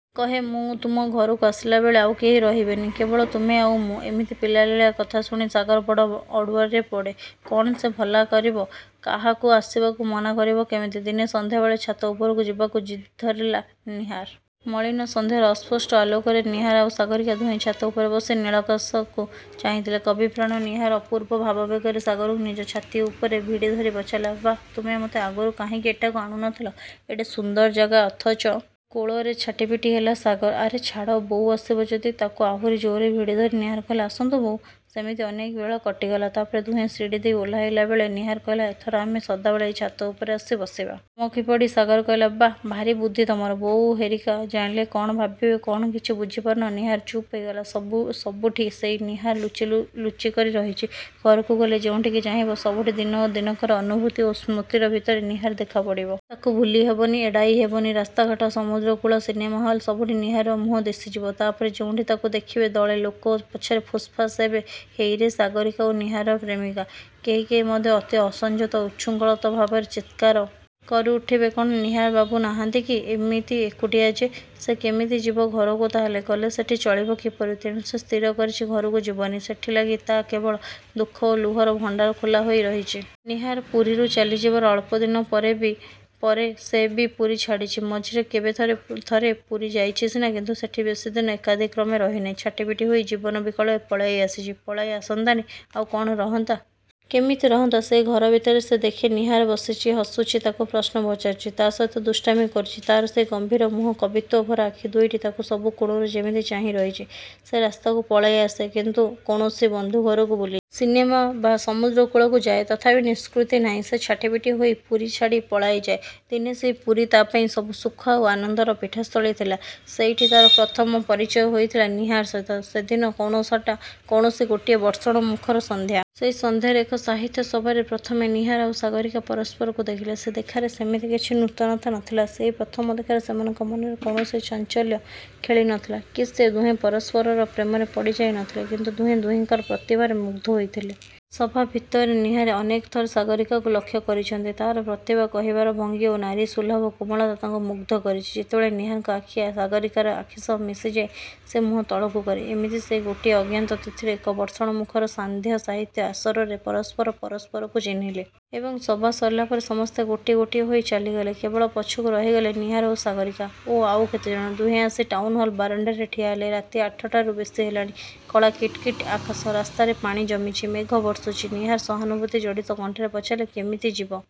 କହେ ''ମୁଁ ତୁମ ଘରକୁ ଆସିଲା ବେଳେ ଆଉ କେହି ରହିବେନି। କେବଳ ତୁମେ ଆଉ ମୁଁ। '' ଏମିତି ପିଲାଳିଆ କଥା ଶୁଣି ସାଗର ବଡ଼ ଅଡ଼ୁଆରେ ପଡ଼େ। କ'ଣ ସେ ଭଲା କରିବ-। କାହାକୁ ଆସିବାକୁ ମନା କରିବ କିମିତି? ଦିନେ ସନ୍ଧ୍ୟା ବେଳେ ଛାତ ଉପରକୁ ଯିବାକୁ ଜିଦ୍ଧରିଲା ନୀହାର। ମଳିନ ସନ୍ଧ୍ୟାର ଅସ୍ପଷ୍ଟ ଆଲୋକରେ ନୀହାର ଆଉ ସାଗରୀକା ଦୁହେଁ ଛାତ ଉପରେ ବସି ନୀଳ ଆକାଶକୁ ଚାହିଁଥିଲେ। କବିପ୍ରାଣ ନୀହାର ଅପୂର୍ବ ଭାବାବେଗରେ ସାଗରକୁ ନିଜ ଛାତି ଉପରେ ଭିଡ଼ିଧରି ପଚାରିଲା–''ବାଃ ତୁମେ ମୋତେ ଆଗରୁ କାହିଁକି ଏଠାକୁ ଆଣୁ ନଥିଲ। ଏଡ଼େ ସୁନ୍ଦର ଜାଗା ଅଥଚ...। '' ତା'ର କୋଳରେ ଛାଟିପିଟି ହେଲା ସାଗର। ''ଆରେ ଛାଡ଼। ବୋଉ ଆସିବ ଯଦି। '' ତାକୁ ଆହୁରି ଜୋରରେ ଭିଡ଼ିଧରି ନୀହାର କହିଲା–''ଆସନ୍ତୁ ବୋଉ-। '' ସେମିତି ଅନେକ ବେଳ କଟିଗଲା। ତା'ପରେ ଦୁହେଁ ସିଡ଼ି ଦେଇ ଓହ୍ଲାଇଲା ବେଳେ ନୀହାର କହିଲା–''ଏଥର ଆମେ ସଦାବେଳେ ଏଇ ଛାତ ଉପରେ ଆସି ବସିବା। '' ଚମକି ପଡ଼ି ସାଗର କହିଲା–''ବାଃ, ଭାରୀ ବୁଦ୍ଧି ତୁମର। ବୋଉ ହେରିକା ଜାଣିଲେ କ'ଣ ଭାବିବେ; କ'ଣ କିଛି ବୁଝିପାରୁନ। '' ନୀହାର ଚୁପ୍ ହୋଇଗଲା। ସବୁଠି ସେଇ ନୀହାର ଲୁଚି କରି ରହିଛି। ଘରକୁ ଗଲେ ଯେଉଁଠିକି ଚାହିଁବ ସବୁଠି ଦିନ ଦିନକର ଅନୁଭୂତି ଓ ସ୍ମୃତିର ଭିତରେ, ନୀହାର ଦେଖା ପଡ଼ିବ। ତାକୁ ଭୁଳି ହେବନି, ଏଡ଼ାଇ ହେବନି। ରାସ୍ତାଘାଟ, ସମୁଦ୍ରକୂଳ, ସିନେମା ହଲ, ସବୁଠି ନୀହାରର ମୁହଁ ଦିଶିଯିବ। ତା'ପରେ ଯେଉଁଠି ତାକୁ ଦେଖିବେ; ଦଳେ ଲୋକ ପଛରେ ଫୁସ୍ଫାସ୍ ହେବେ–''ହେଇରେ ସାଗରୀକା–ନୀହାରର ପ୍ରେମିକା। '' କେହି କେହି ମଧ୍ୟ ଅତି ଅସଂଯତ ଓ ଉଚ୍ଛୃଙ୍ଖଳ ଭାବରେ ଚିତ୍କାର। କରି ଉଠିବେ ''କ'ଣ ନୀହାର ବାବୁ ନାହାନ୍ତି କି? ଏମିତି ଏକୁଟିଆ ଯେ। '' ସେ କେମିତି ଯିବ ଘରକୁ ତା'ହେଲେ? ଗଲେ ସେଠି ଚଳିବ କିପରି? ତେଣୁ ସେ ସ୍ଥିର କରିଛି ଘରକୁ ଯିବନି। ସେଠି ତା' ଲାଗି କେବଳ ଦୁଃଖ ଓ ଲୁହର ଭଣ୍ଡାର ଖୋଲା ହୋଇ ରହିଛି। ନୀହାର ପୁରୀରୁ ଚାଲି ଯିବାର ଅଳ୍ପ ଦିନ ପରେ ସେ ବି ପୁରୀ ଛାଡ଼ିଛି। ମଝିରେ କେବେ ଥରେ ଥରେ ପୁରୀ ଯାଇଛି ସିନା; କିନ୍ତୁ ସେଠି ବେଶୀ ଦିନ ଏକାଦିକ୍ରମେ ରହିନାହିଁ। ଛାଟିପିଟି ହୋଇ ଜୀବନ ବିକଳରେ ପଳାଇ ଆସିଛି। ପଳାଇ ଆସନ୍ତାନି–ଆଉ କ'ଣ ରହନ୍ତା? କିମିତି ରହନ୍ତା? ସେଇ ଘର ଭିତରେ ସେ ଦେଖେ; ନୀହାର ବସିଛି–ହସୁଛି–ତାକୁ ପ୍ରଶ୍ନ ପଚାରୁଛି। ତା' ସହିତ ଦୁଷ୍ଟାମି କରୁଛି। ତା'ର ସେଇ ଗମ୍ଭୀର ମୁହଁ, କବିତ୍ୱଭରା ଆଖି ଦୁଇଟି ତାକୁ ସବୁ କୋଣରୁ ଯେମିତି ଚାହିଁ ରହିଛି। ସେ ରାସ୍ତାକୁ ପଳାଇ ଆସେ–କୌଣସି ବନ୍ଧୁଘରକୁ ବୁଲିଯାଏ-। ସିନେମା ବା ସମୁଦ୍ର କୂଳକୁ ଯାଏ। ତଥାପି ନିଷ୍କୃତି ନାଇଁ। ସେ ଛାଟିପିଟି ହୋଇ ପୁରୀ ଛାଡ଼ି ପଳାଇ ଯାଏ। ଦିନେ ସେଇ ପୁରୀ ତା'ପାଇଁ ସବୁ ସୁଖ ଆଉ ଆନନ୍ଦର ପୀଠସ୍ଥଳୀ ଥିଲା। ସେଇଠି ତା'ର ପ୍ରଥମ ପରିଚୟ ହୋଇଥିଲା ନୀହାର ସହିତ। ସେଦିନ କୌଣସି ଗୋଟିଏ ବର୍ଷଣମୁଖର ସନ୍ଧ୍ୟା। ସେହି ସନ୍ଧ୍ୟାର ଏକ ସାହିତ୍ୟ-ସଭାରେ ପ୍ରଥମେ ନୀହାର ଆଉ ସାଗରୀକା ପରସ୍ପରକୁ ଦେଖିଲେ। ସେ ଦେଖାରେ ସେମିତି କିଛି ନୂତନତା ନଥିଲା। ସେଇ ପ୍ରଥମ ଦେଖାରେ ସେମାନଙ୍କର ମନରେ କୌଣସି ଚାଞ୍ଚଲ୍ୟ ଖେଳି ନଥିଲା, କି ସେ ଦୁହେଁ ପରସ୍ପରର ପ୍ରେମରେ ପଡ଼ିଯାଇ ନଥିଲେ। କିନ୍ତୁ ଦୁହେଁ ଦୁହିଁଙ୍କର ପ୍ରତିଭାରେ ମୁଗ୍ଧ ହୋଇଥିଲେ। ସଭା ଭିତରେ ନୀହାର ଅନେକଥର ସାଗରୀକାକୁ ଲକ୍ଷ୍ୟ କରିଛନ୍ତି। ତା'ର ପ୍ରତିଭା, କହିବାର ଭଙ୍ଗୀ ଓ ନାରୀ ସୁଲଭ କୋମଳତା ତାଙ୍କୁ ମୁଗ୍ଧ କରିଛି। ଯେତେବେଳେ ନୀହାରଙ୍କ ଆଖି ସାଗରୀକାର ଆଖିସହ ମିଶିଯାଏ, ସେ ମୁହଁ ତଳକୁ କରେ। ଏମିତି ସେଇ ଗୋଟିଏ ଅଜ୍ଞାତ-ତିଥିର ଏକ ବର୍ଷଣମୁଖର ସାନ୍ଧ୍ୟ-ସାହିତ୍ୟ-ଆସରରେ ପରସ୍ପର ପରସ୍ପରକୁ ଚିହ୍ନିଲେ। ଏବଂ ସଭା ସରିଲା ପରେ ସମସ୍ତେ ଗୋଟି ଗୋଟି ହୋଇ ଚାଳିଗଲେ। କେବଳ ପଛକୁ ରହିଗଲେ ନୀହାର ଓ ସାଗରୀକା; ଓ ଆଉ କେତେଜଣ। ଦୁହେଁ ଆସି ଟାଉନ୍ହଲ୍ ବାରଣ୍ଡାରେ ଠିଆ ହେଲେ। ରାତି ଆଠଟାରୁ ବେଶୀ ହେଲାଣି। କଳା କିଟ୍କିଟ୍ ଆକାଶ। ରାସ୍ତାରେ ପାଣି ଜମିଛି। ମେଘ ବର୍ଷୁଛି। ନୀହାର ସହାନୁଭୂତି ଜଡ଼ିତ କଣ୍ଠରେ ପଚାରିଲେ–''କେମିତି ଯିବ''।